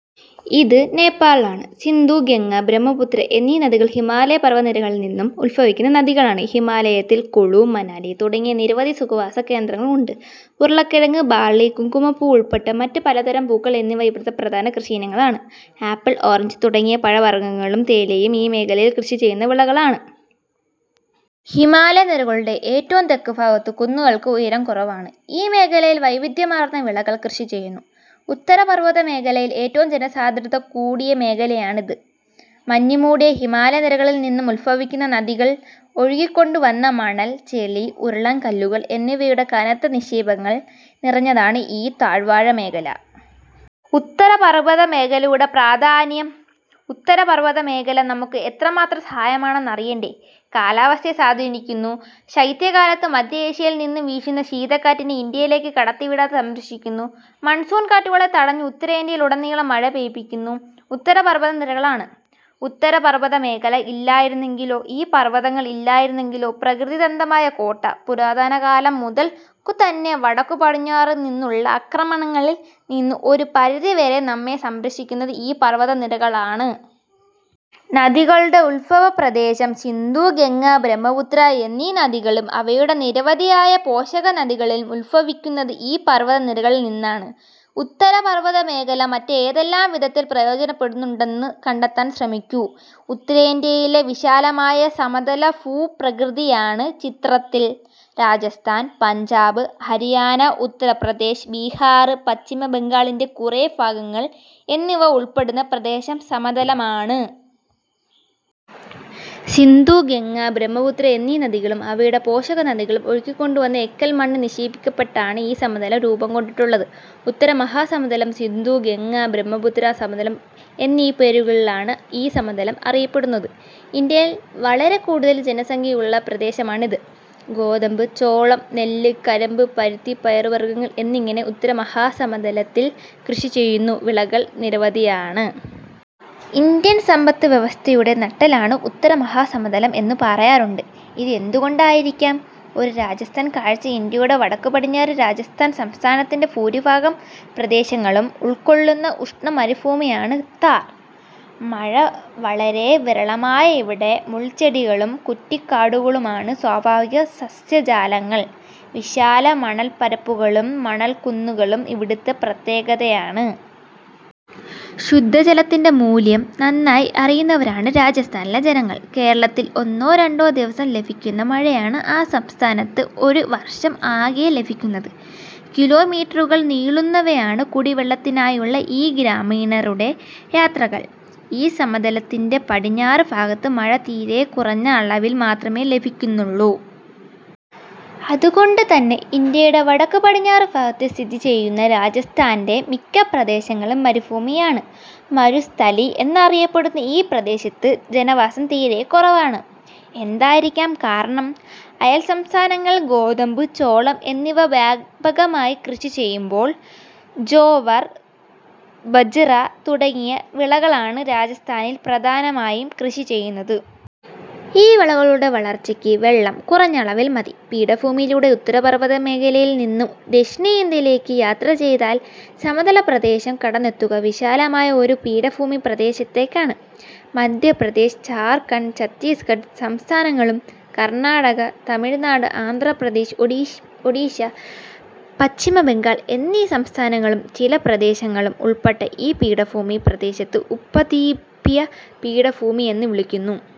ഇത് നേപ്പാളിലാണ്. സിന്ധു, ഗംഗ, ബ്രഹ്മപുത്ര എന്നീ നദികൾ ഹിമാലയ പർവ്വതനിരകളിൽ നിന്നും ഉത്ഭവിക്കുന്ന നദികളാണ്. ഹിമാലയത്തിൽ കുളു, മനാലി തുടങ്ങിയ നിരവധി സുഖവാസ കേന്ദ്രങ്ങളുണ്ട്. ഉരുളക്കിഴങ്ങ്, ബാർളി, കുങ്കുമപ്പൂവുൾപ്പെടെ മറ്റു പലതരം പൂക്കൾ എന്നിവ ഇവിടത്തെ പ്രധാന കൃഷിയിനങ്ങളാണ്. ആപ്പിൾ, ഓറഞ്ച് തുടങ്ങിയ പഴവർഗ്ഗങ്ങളും തേയിലയും ഈ മേഖലയിൽ കൃഷിചെയ്യുന്ന വിളകളാണ്. ഹിമാലയ നിരകളുടെ ഏറ്റവും തെക്കുഭാഗത്ത് കുന്നുകൾക്ക് ഉയരം കുറവാണ്. ഈ മേഖലയിൽ വൈവിധ്യമാർന്ന വിളകൾ കൃഷിചെയ്യുന്നു. ഉത്തരപർവ്വത മേഖലയിൽ ഏറ്റവും ജനസാന്ദ്രത കൂടിയ മേഖലയാണിത്. മഞ്ഞുമൂടിയ ഹിമാലയ നിരകളിൽനിന്നും ഉത്ഭവിക്കുന്ന നദികൾ ഒഴുക്കിക്കൊണ്ടുവന്ന മണൽ, ചെളി, ഉരുളൻ കല്ലുകൾ എന്നിവയുടെ കനത്ത നിക്ഷേപങ്ങൾ നിറഞ്ഞതാണ് ഈ താഴ്വാരമേഖല. ഉത്തരപർവതമേഖലയുടെ പ്രാധാന്യം ഉത്തരപർവതമേഖല നമുക്ക് എത്രമാത്രം സഹായകമാണെന്നറിയേണ്ടേ? കാലാവസ്ഥയെ സ്വാധീനിക്കുന്നു. ശൈത്യകാലത്ത് മധ്യ ഏഷ്യയിൽ നിന്നും വീശുന്ന ശീതക്കാറ്റിനെ ഇന്ത്യയിലേക്കു കടത്തിവിടാതെ സംരക്ഷിക്കുന്നു. മൺസൂൺ കാറ്റുകളെ തടഞ്ഞ് ഉത്തരേന്ത്യയിലുടനീളം മഴപെയ്യിക്കുന്നതും ഉത്തരപർവതനിരകളാണ്. ഉത്തരപർവതമേഖല ഇല്ലായിരുന്നെങ്കിലോ? ഈ പർവതങ്ങൾ ഇല്ലായിരുന്നെങ്കിലോ? പ്രകൃതിദത്തമായ കോട്ട. പുരാതനകാലം മുതൽക്കുതന്നെ വടക്കുപടിഞ്ഞാറുനിന്നുള്ള ആക്രമണങ്ങളിൽ നിന്നും ഒരു പരിധിവരെ നമ്മെ സംരക്ഷിക്കുന്നത് ഈ പർവതനിരകളാണ്. നദികളുടെ ഉത്ഭവപ്രദേശം സിന്ധു, ഗംഗ, ബ്രഹ്മപുത്ര എന്നീ നദികളും അവയുടെ നിരവധിയായ പോഷകനദികളും ഉത്ഭവിക്കുന്നത് ഈ പർവതനിരകളിൽനിന്നാണ്. ഉത്തര പർവത മേഖല മറ്റേതെല്ലാം വിധത്തിൽ പ്രയോജനപ്പെടുന്നുണ്ടെന്ന് കണ്ടെത്താൻ ശ്രമിക്കു. ഉത്തരേന്ത്യയിലെ വിശാലമായ സമതലഭൂപ്രകൃതിയാണ് ചിത്രത്തിൽ. രാജസ്ഥാൻ, പഞ്ചാബ്, ഹരിയാന, ഉത്തർപ്രദേശ്, ബീഹാർ, പശ്ചിമബംഗാളിന്റെ കുറേ ഭാഗങ്ങൾ എന്നിവ ഉൾപ്പെടുന്ന പ്രദേശം സമതലമാണ്. സിന്ധു, ഗംഗ, ബ്രഹ്മപുത്ര എന്നീ നദികളും അവയുടെ പോഷകനദികളും ഒഴുക്കിക്കൊണ്ടുവന്ന എക്കൽമണ്ണ് നിക്ഷേപിക്കപ്പെട്ടാണ് ഈ സമതലം രൂപം കൊണ്ടിട്ടുള്ളത്. ഉത്തര മഹാസമതലം, സിന്ധു-ഗംഗ-ബ്രഹ്മപുത്ര സമതലം എന്നീ പേരുകളിലാണ് ഈ സമതലം അറിയപ്പെടുന്നത്. ഇന്ത്യയിൽ വളരെക്കൂടുതൽ ജനസംഖ്യയുള്ള പ്രദേശമാണിത്. ഗോതമ്പ്, ചോളം, നെല്ല്, കരിമ്പ്, പരുത്തി, പയറുവർഗങ്ങൾ എന്നിങ്ങനെ ഉത്തരമഹാ സമതലത്തിൽ കൃഷിചെയ്യുന്ന വിളകൾ നിരവധിയാണ്. ഇന്ത്യൻ സമ്പദ് വ്യവസ്ഥയുടെ നട്ടെല്ലാണ് ഉത്തരമഹാസമതലം എന്നു പറയാറുണ്ട്. ഇത് എന്തുകൊണ്ടായിരിക്കാം? ഒരു രാജസ്ഥാൻ കാഴ്ച ഇന്ത്യയുടെ വടക്കുപടിഞ്ഞാറ് രാജസ്ഥാൻ സംസ്ഥാനത്തിന്റെ ഭൂരിഭാഗം പ്രദേശങ്ങളും ഉൾക്കൊള്ളുന്ന ഉഷ്ണമരുഭൂമിയാണ് ഥാർ. മഴ വളരെ വിരളമായ ഇവിടെ മുൾച്ചെടികളും കുറ്റി കാടുകളുമാണ് സ്വാഭാവിക സസ്യജാലങ്ങൾ. വിശാല മണൽപരപ്പുകളും മണൽക്കുന്നുകളും ഇവിടത്തെ പ്രത്യേകതയാണ്. ശുദ്ധജലത്തിന്റെ മൂല്യം നന്നായി അറിയുന്നവരാണ് രാജസ്ഥാനിലെ ജനങ്ങൾ. കേരളത്തിൽ ഒന്നോ രണ്ടോ ദിവസം ലഭിക്കുന്നത് മഴയാണ് ആ സംസ്ഥാനത്ത് ഒരു വർഷം ആകെ ലഭിക്കുന്നത്. കിലോ മീറ്ററുകൾ നീളുന്നവയാണ് കുടിവെള്ളത്തിനായുള്ള ഈ ഗ്രാമീണരുടെ യാത്രകൾ. ഈ സമതലത്തിന്റെ പടിഞ്ഞാറ് ഭാഗത്ത് മഴ തീരെക്കുറഞ്ഞ അളവിൽ മാത്രമേ ലഭിക്കുന്നുള്ളൂ. അതുകൊണ്ടുതന്നെ ഇന്ത്യയുടെ വടക്കുപടിഞ്ഞാറ് ഭാഗത്ത് സ്ഥിതി ചെയ്യുന്ന രാജസ്ഥാന്റെ മിക്ക പ്രദേശങ്ങളും മരുഭൂമിയാണ്. മരുസ്ഥലി എന്നറിയപ്പെടുന്ന ഈ പ്രദേശത്ത് ജനവാസം തീരെക്കുറവാണ്. എന്തായിരിക്കാം കാരണം? അയൽസംസ്ഥാനങ്ങളിൽ ഗോതമ്പ്, ചോളം എന്നിവ വ്യാപകമായി കൃഷി ചെയ്യുമ്പോൾ ജോവർ, ബജ്റ തുടങ്ങിയ വിളകളാണ് രാജസ്ഥാനിൽ പ്രധാനമായും കൃഷി ചെയ്യുന്നത്. ഈ വിളകളുടെ വളർച്ചയ്ക്ക് വെള്ളം കുറഞ്ഞ അളവിൽ മതി. പീഠഭൂമിയിലൂടെ ഉത്തരപർവ്വതമേഖലയിൽ നിന്നും ദക്ഷിണേന്ത്യയിലേക്ക് യാത്ര ചെയ്താൽ സമതല പ്രദേശം കടന്നെത്തുക വിശാലമായ ഒരു പീഠഭൂമിപ്രദേശത്തേക്കാണ്. മധ്യപ്രദേശ്, ഝാർഖണ്ഡ്, ഛത്തീസ് ഗഢ് സംസ്ഥാനങ്ങളും കർണാടക, തമിഴ്നാട്, ആന്ധ്രാപ്രദേശ്, ഒഡിഷ, പശ്ചിമബംഗാൾ എന്നീ സംസ്ഥാനങ്ങളുടെ ചില പ്രദേശങ്ങളും ഉൾപ്പെട്ട ഈ പീഠഭൂമി പ്രദേശത്തെ ഉപദ്വീപീയ പീഠഭൂമി എന്നു വിളിക്കുന്നു.